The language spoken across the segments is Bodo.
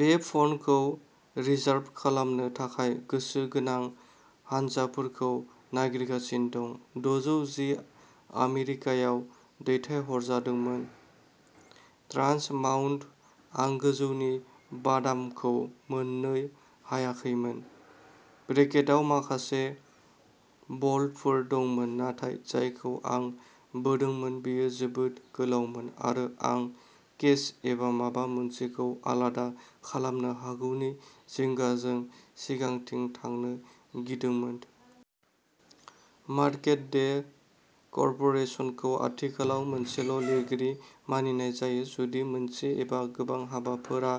बे फ'नखौ रिजार्भ खालामनो थाखाय गोसो गोनां हानजाफोरखौ नागिरगासिनो दं। दजौ जि आमेरिकायाव दैथायहरजादोंमोन। ट्रान्स माउन्ट आं गोजौनि बादामखौ मोन्नो हायाखैमोन। ब्रेकेटआव माखासे बल्टफोर दंमोन नाथाय जायखौ आं बोदोंमोन बेयो जोबोद गोलावमोन आरो आं केस एबा माबा मोनसेखौ आलादा खालामनो हागौनि जिंगाजों सिगांथिं थांनो गिदोंमोन। मार्केट डे कर्प'रेसनखौ आथिखालाव मोनसेल' लिरगिरि मानिनाय जायो। जुदि मोनसे एबा गोबां हाबाफोरा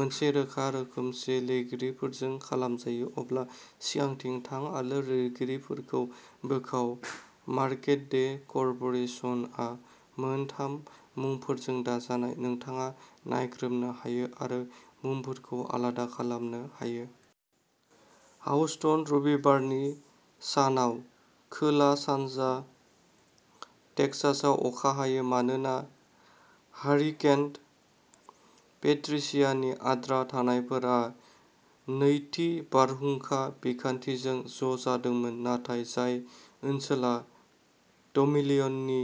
मोनसे रोखा रोखोमसे लिरगिरिफोरजों खालामजायो अब्ला सिगांथिं थां आरो लिरगिरिखौ बोखाव। मार्केट डे कर्प'रेसनआ मोन थाम मुंफोरजों दाजानाय। नोंथाङा नायग्रोमनो हायो आरो मुंफोरखौ आलादा खालामनो हायो। हाउस्टन रबिबारनि सानाव खोला सानजा टेक्सासआव अखा हायो मानोना हारिकेन पेट्रिशियानि आद्रा थानायफोरा नैथि बारहुंखा बिखान्थिजों ज'जादोंमोन नाथाय जाय ओनसोला द'मिलियननि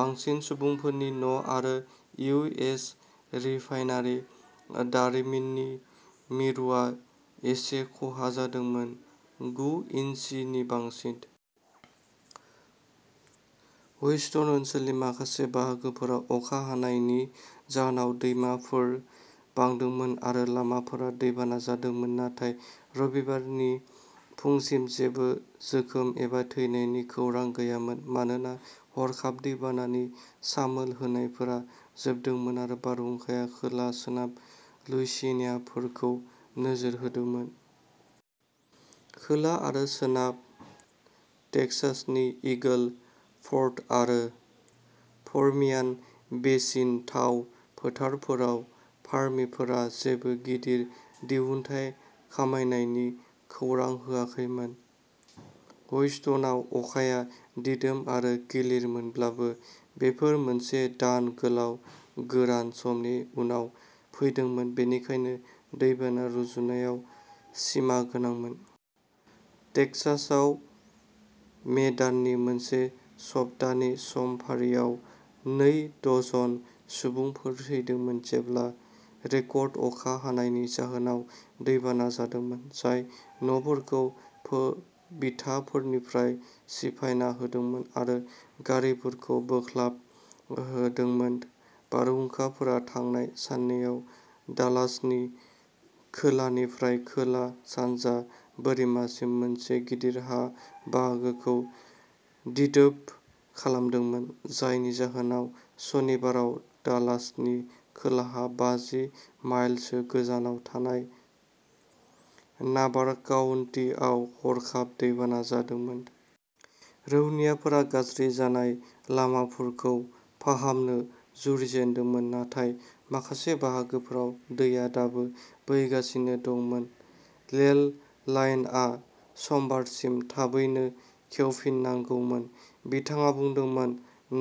बांसिन सुबुंफोरनि न'आरो इउ एस रिफाइनारि दारिमिननि मिरुआ एसे खहा जादोंमोन। गु इन्सि नि बांसिन। ह्यूस्टन ओनसोलनि माखासे बाहागोफोराव अखा हानायनि जाहोनाव दैमाफोर बांदोंमोन आरो लामाफोरा दैबाना जादोंमोन नाथाय रबिबारनि फुंसिम जेबो जोखोम एबा थैनायनि खौरां गैयामोन मानोना हरखाब दै बानानि सामोल होनायफोरा जोबदोंमोन आरो बारहुंखाया खोला सोनाब लुइसियानाखौ नोजोर होदोंमोन। खोला आरो सोनाब टेक्सासनि ईगल फ'र्ड आरो पर्मियान बेसिन थाव फोथारफोराव फार्मफोरा जेबो गिदिर दिहुनथाइ खमायनायनि खौरां होआखैमोन। ह्यूस्टनआव अखाया दिदोम आरो गिलिरमोनब्लाबो बेफोर मोनसे दान गोलाव गोरान समनि उनाव फैदोंमोन बेनिखायनो दैबाना रुजुनायाव सिमागोनांमोन। टेक्सासआव मे दाननि मोनसे सप्तानि समफारियाव नै दजन सुबुंफोरा थैदोंमोन जेब्ला रेकर्ड अखा हानायनि जाहोनाव दैबाना जादोंमोन जाय न'फोरखौ बिथाफोरनिफ्राय सिफायना होदोंमोन आरो गारिफोरखौ बोख्लाबहोदोंमोन। बारहुंखाफोरा थांनाय साननैआव डालासनि खोलानिफ्राय खोला सानजा बोरिमासिम मोनसे गिदिर हा बाहागोखौ सिदोब खालामदोंमोन जायनि जाहोनाव शनिबाराव डालासनि खोलाहा बाजि माइल सो गोजानाव थानाय नाभार'काउन्टीआव हरखाब दैबाना जादोंमोन। रौनियाफोरा गाज्रि जानाय लामाफोरखौ फाहामनो जुरिजेनदोंमोन नाथाय माखासे बाहागोफोराव दैआ दाबो बोहैगासिनो दंमोन। रेल लाइनआ समबारसिम थाबैनो खेवफिननांगौमोन बिथाङा बुंदोंमोन।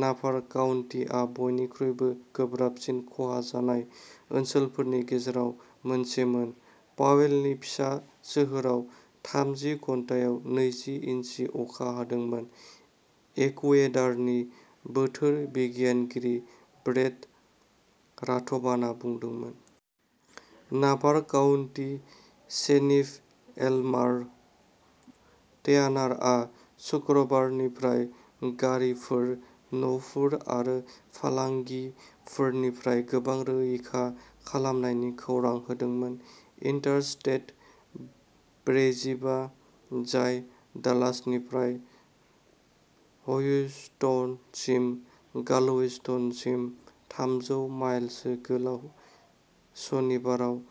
नाभार'काउन्टीआ बयनिख्रुइबो गोब्राबसिन खहा जानाय ओनसोलफोरनि गेजेराव मोनसेमोन। पावेलनि फिसा सोहोराव थामजि घन्टायाव नैजि इन्सि अखा हादोंमोन एकुवेदारनि बोथोर बिगियानगिरि ब्रेट राथबानआ बुंदोंमोन। नाभार'काउन्टी शेरिफ एल्मार ट्यानारआ सुक्रुबारनिफ्राय गारिफोर न'फोर आरो फालांगिफोरनिफ्राय गोबां रैखा खालामनायनि खौरां होदोंमोन। इन्टारस्टेट ब्रैजिबा जाय डालासनिफ्राय ह्यूस्टनसिम गालवेस्टनसिम थामजौ माइलसो गोलाव सनिबाराव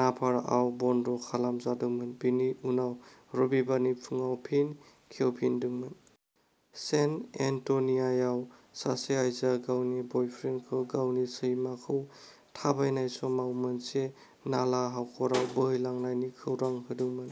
नाभार'आव बन्द' खालाम जादोंमोन बेनि उनाव रबिबारनि फुंआव फिन खेवफिनदोंमोन। सेन एन्ट'निय'आव सासे आइजोआ गावनि बायफ्रेन्डखौ गावनि सैमाखौ थाबायनाय समाव मोनसे नाला हाखराव बोहैलांनायनि खौरां होदोंमोन।